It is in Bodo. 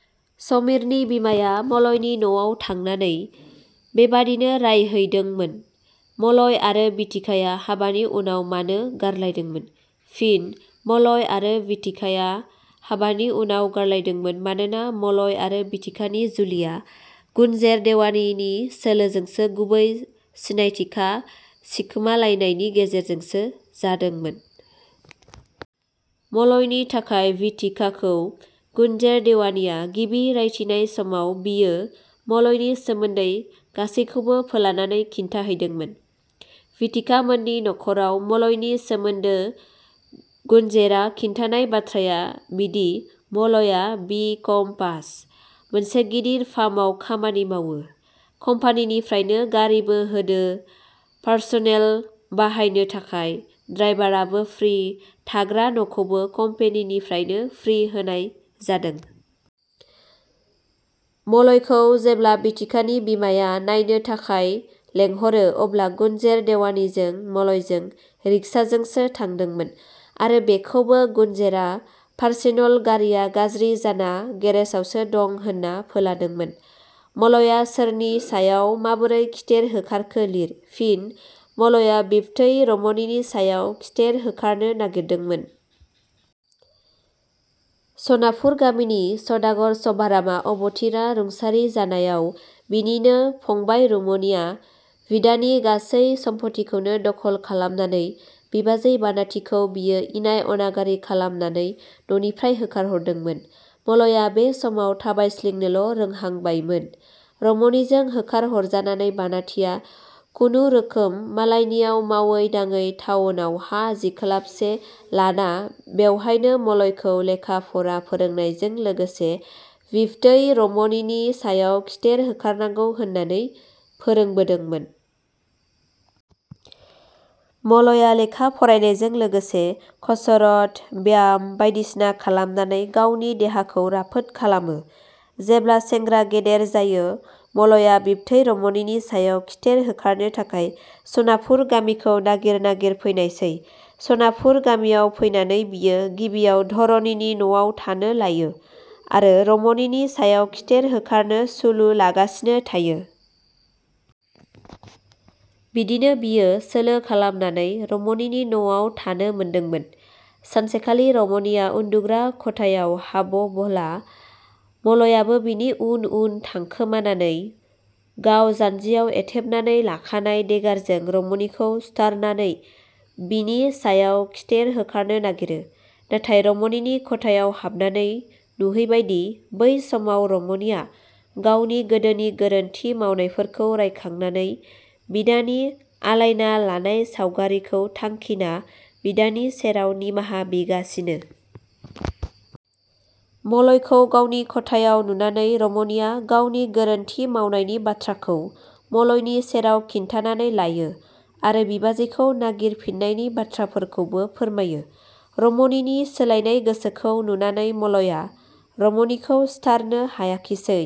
" समिरनि बिमाया मलयनि न 'आव थांनानै बेबादिनो राय हैदोंमोन। मलय आरो बिथिकाया हाबानि उनाव मानो गारलायदोंमोन? फिनः मलय आरो बिथिकाया हाबानि उनाव गारलायदोंमोन मानोना मलय आरो बिथिकानि जुलिया गुनजेर देवानिनि सोलोजों गुबै सिनायथिखा सिखमालायनायनि गेजेरजोंसो जादोंमोन। मलयनि थाखाय बिथिकाखौ गुनजेर देवानिया गिबि रायथिनाय समाव बियो मलयनि सोमोन्दै गासैखौबो फोलानानै खिन्थाहैदोंमोन। बिथिकामोननि नखराव मलयनि सोमोन्दो गुनजेरआ खिन्थानाय बाथ्राया बिदि-मलया बि. कम पास, मोनसे गिदिर फार्मआव खामानि मावो। कम्पानिनिफ्रायनो गारिबो होदो पारसनेल बाहायनो थाखाय, द्राइभारआबो फ्रि, थाग्रा न 'खौबो कम्पेनिनिफ्रायनो फ्रि होनाय जादों। मलयखौ जेब्ला बिथिकानि बिमाया नायनो थाखाय लेंहरो अब्ला गुनजेर देवानिजों मलयजों रिक्साजोंसो थांदोंमोन आरो बेखौबो गुनजेरआ पारसेनल गारिया गाज्रि जाना गेरेसावसो दं होनना फोलादोंमोन। मलया सोरनि सायाव माबोरै खिथेर होखारखो लिर। फिनः मलया बिबथै रमनिनि सायाव खिथेर होखारनो नागिरदोंमोन। सनापुर गामिनि सदागर शभारामआ अबथिरा रुंसारि जानायाव बिनिनो फंबाइ रमनिया बिदानि गासै सम्फथिखौनो दखल खालामनानै बिबाजै बानाथिखौ बियो इनाय अनागारि खालामनानै न 'निफ्राय होखारहरदोंमोन। मलया बे समाव थाबायस्लिंनोल' रोहांबायमोन। रमनिजों होखारहरजानानै बानाथिया खुनुरोखोम मालायनियाव मावै दांङै थाउनाव हा जिखलाबसे लाना बेवहायनो मलयखौ लेखा फरा फोरोंनायजों लोगोसे बिबथै रमनिनि सायाव खिथेर होखारनांगौ होननानै फोरोंबोदोंमोन। मलया लेखा फरायनायजों लोगोसे कसरत, व्याम बायदिसिना खालामनानै गावनि देहाखौ राफोद खालामो। जेब्ला सेंग्रा गेदेर जायो मलया बिबथै रमनिनि सायाव खिथेर होखारनो थाखाय सनापुर गामिखौ नागिर नागिर फैनायसै। सनापुर गामियाव फैनानै बियो गिबियाव धरनिनि न'आव थानो लायो आरो रमनिनि सायाव खिथेर होखारनो सुलु लागासिनो थायो। बिदिनो बियो सोलो खालामनानै रमनिनि न 'आव थानो मोनदोंमोन। सानसेखालि रमनिया उन्दुग्रा खथायाव हा बबोला मलयाबो बिनि उन उन थांखोमानानै गाव जान्जियाव एथेबनानै लाखानाय देगारजों रमनिखौ सुथारनानै बिनि सायाव खिथेर होखारनो नागिरो। नाथाय रमनिनि खथायाव हाबनानै नुहैबायदि बै समाव रमनिया गावनि गोदोनि गोरोन्थि मावनायफोरखौ रायखांनानै बिदानि आलायना लानाय सावगारिखौ थांखिना बिदानि सेराव निमाहा बिगासिनो। मलयखौ गावनि खथायाव नुनानै रमनिया गावनि गोरोन्थि मावनायनि बाथ्राखौ मलयनि सेराव खिन्थानानै लायो आरो बिबाजैखौ नागिर फिननायनि बाथ्राफोरखौबो फोरमायो। रमनिनि सोलायनाय गोसोखौ नुनानै मलया रमनिखौ सिथारनो हायाखिसै।